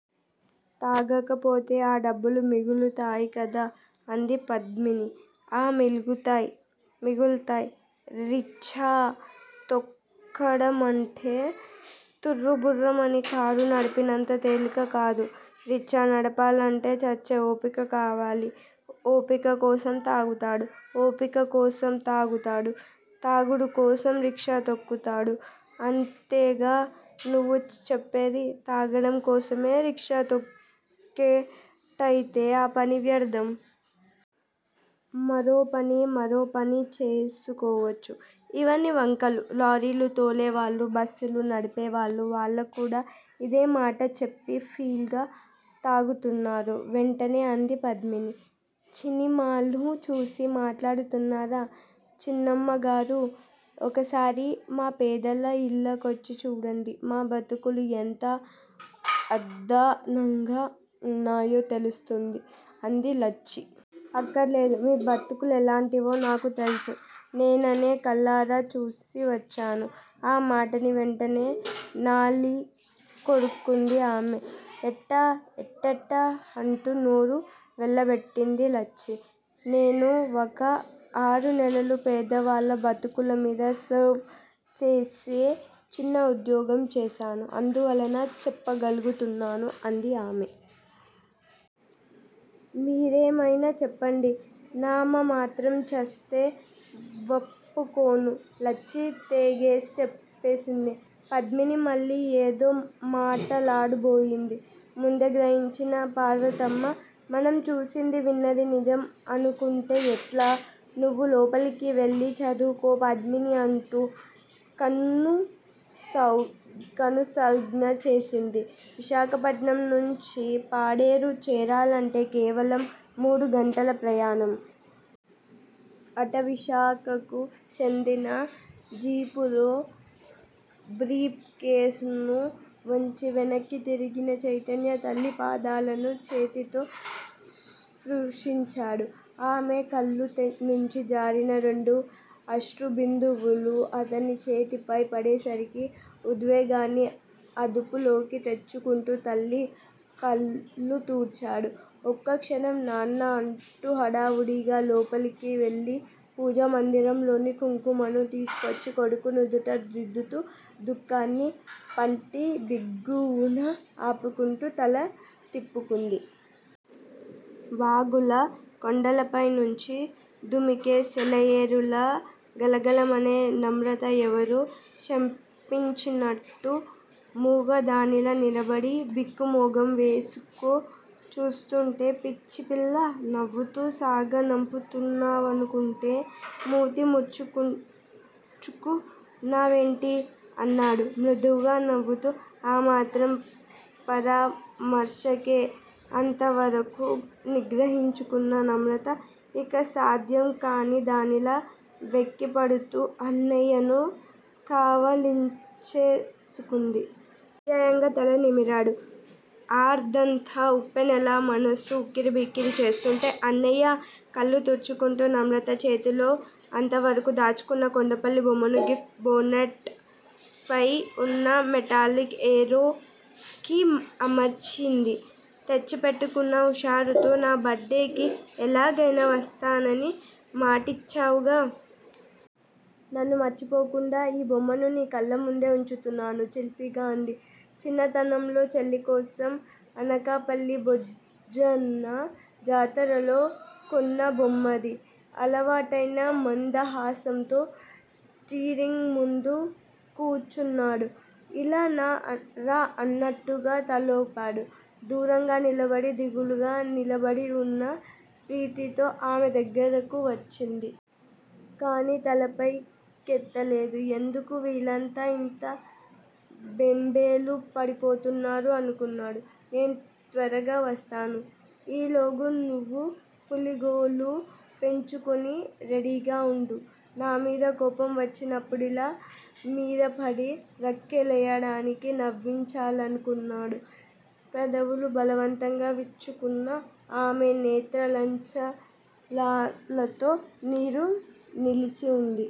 తాగకపోతే ఆ డబ్బులు మిగులుతాయికదా అంది పద్మిని. ఆ మిలుగుతాయ్, మిగులుతాయ్! రిచ్చా తొక్కడమంటే తుర్రుబుర్రుమని కారు నడిపినంత తేలికకాదు. రిచ్చా నడపాలంటే చచ్చే ఓపిక కావాలి. ఓపిక కోసం తాగుతాడు. ఓపికకోసం తాగుతాడు__తాగుడుకోసం రిక్షా తొక్కుతాడు అంతేగా నువ్వు చెప్పేది! తాగడం కోసమే రిక్షా తొక్కేట్టయితే ఆ పని వ్యర్ధం. మరోపని మరోపని చేసుకోవచ్చు. ఇవన్నీ వంకలు లారీలు తోలేవాళ్ళు, బస్సులు నడిపేవాళ్ళు వాళ్లుకూడా ఇదేమాట చెప్పి ఫిల్ గ తాగుతున్నారు వెంటనే అంది పద్మిని. చినిమాలు చూసి మాట్లాడుతున్నారా చిన్నమ్మగారూ! ఒకసారి మా పేదల యిళ్ళకొచ్చి చూడండి. మా బతుకులు ఎంత అద్దాన్నంగ ఉన్నాయో తెలుస్తుంది అంది లచ్చి. అక్కర్లేదు, మీ బతుకులెలాంటివో నాకు తెలుసు. నేనవి కళ్ళారా చూసే వచ్చాను ఆ మాటని వెంటనే నాలిక్కొరుక్కుంది ఆమె. ఎట్టా, ఎట్టెట్టా? అంటూ నోరు వెళ్ళబెట్టింది లచ్చి. నేను వక ఆరునెలలు పేదవాళ్ళ బతుకులమీద సర్వ్ చేసే చిన్న ఉద్యోగం చేశాను. అందువలన చెప్పగలుగుతున్నాను అంది ఆమె. మీరేమైనా చెప్పండి నామమాత్రం చస్తే వప్పుకొను లచ్చి తెగేసి చెప్పేసింది. పద్మిని మళ్ళీ యేదో మాటాడబోయింది. ముందే గ్రహించిన పార్వతమ్మ మనం చూసింది విన్నది నిజం అనుకుంటే ఎట్లా? నువ్వు లోపలికి వెళ్ళి చదువుకో పద్మినీ అంటూ కనుసౌంజ్ఞ చేసింది. విశాఖపట్నం నుంచి పాడేరు చేరాలంటే కేవలం మూడుగంటల ప్రయాణం. అటవీశాఖకు చెందిన జీపులో బ్రీప్ కేస్ ను వుంచి వెనక్కి తిరిగిన చైతన్య తల్లి పాదాలను చేతితో స్పృశించాడు. ఆమె కళ్ళు నుంచి జారిన రెండు అశ్రుబిందువులు అతని చేతిపై పడేసరికి ఉద్వేగాన్ని అదుపులోకి తెచ్చుకుంటూ తల్లి కళ్ళు తుడిచాడు. ఒక్కక్షణం, నాన్నా! అంటూ హడావుడిగా లోపలికివెళ్లి పూజా మందిరంలోని కుంకుమని తీసుకొచ్చి కొడుకు నుదుట దిద్దుతూ, దుఃఖాన్ని పంటిబిగువున ఆపుకుంటూ తల తిప్పుకుంది. వాగులా, కొండలపైనుంచి దుమికే సెలయేరులా గలగలమనే నమ్రత ఎవరో శపించినట్టూ మూగదానిలా నిలబడి బిక్కమొగం వేసుకు చూస్తూంటే పిచ్చిపిల్లా! నవ్విస్తూ సాగనంపుతావనుకుంటే మూతి ముడుచుక్కూచున్నావేంటి? అన్నాడు మృదువుగా నవ్వుతూ. ఆమాత్రం పరామర్శకే అంతవరకూ నిగ్రహించుకున్న నమ్రత ఇక సాధ్యం కాని దానిలా వెక్కిపడుతూ అన్నయ్యను కావలించేసుకుంది. ఆప్యాయంగా తల నిమిరాడు. ఆర్ద్రత ఉప్పెనలా మనసును ఉక్కిరి బిక్కిరి చేస్తుంటే. అన్నయ్యా! కళ్ళు తుడుచుకున్న నమ్రత చేతిలో అంత వరకూ దాచుకున్న కొండపల్లి బొమ్మను జీప్ భోనెట్ పై వున్న మెటాలిక్ ఏరోకి అమర్చింది. తెచ్చి పెట్టుకున్న హుషారుతో_ నా బర్త్ డేకి ఎలాగయినా వస్తానని మాటిచ్చావుగా. నన్ను మర్చిపోకుండా ఈ బొమ్మని నీ కళ్ళముందే ఉంచుతున్నాను చిలిపిగా అంది. చిన్నతనంలో చెల్లికోసం అనకాపల్లి బొజ్జన్న జాతరలో కొన్న బొమ్మది. అలవాటైన మందహాసంతో స్టీరింగ్ ముందు కూచున్నాడు. ఇలా రా అన్నట్టుగా తలూపాడు. దూరంగా నిలబడి దిగులుగా నిలబడివున్న ప్రీతితో. ఆమె దగ్గరకు వచ్చింది. కాని, తలపై కెత్తలేదు. ఎందుకు వీళ్ళంతా ఇంత బెంబేలు పడిపోతున్నారు అనుకున్నాడు. నేను త్వరగా వస్తాను. ఈలోగా నువ్వు పులి గోళ్ళు పెంచుకుని రడీగా ఉండు. నామీద కోపం వచ్చినప్పుడల్లా మీదపడి రక్కెయ్యడానికి నవ్వించాలనుకున్నాడు. పెదవులు బలవంతంగా విచ్చుకున్నా, ఆమె నేత్రాలంచలాలతో నీరు నిలిచి ఉంది.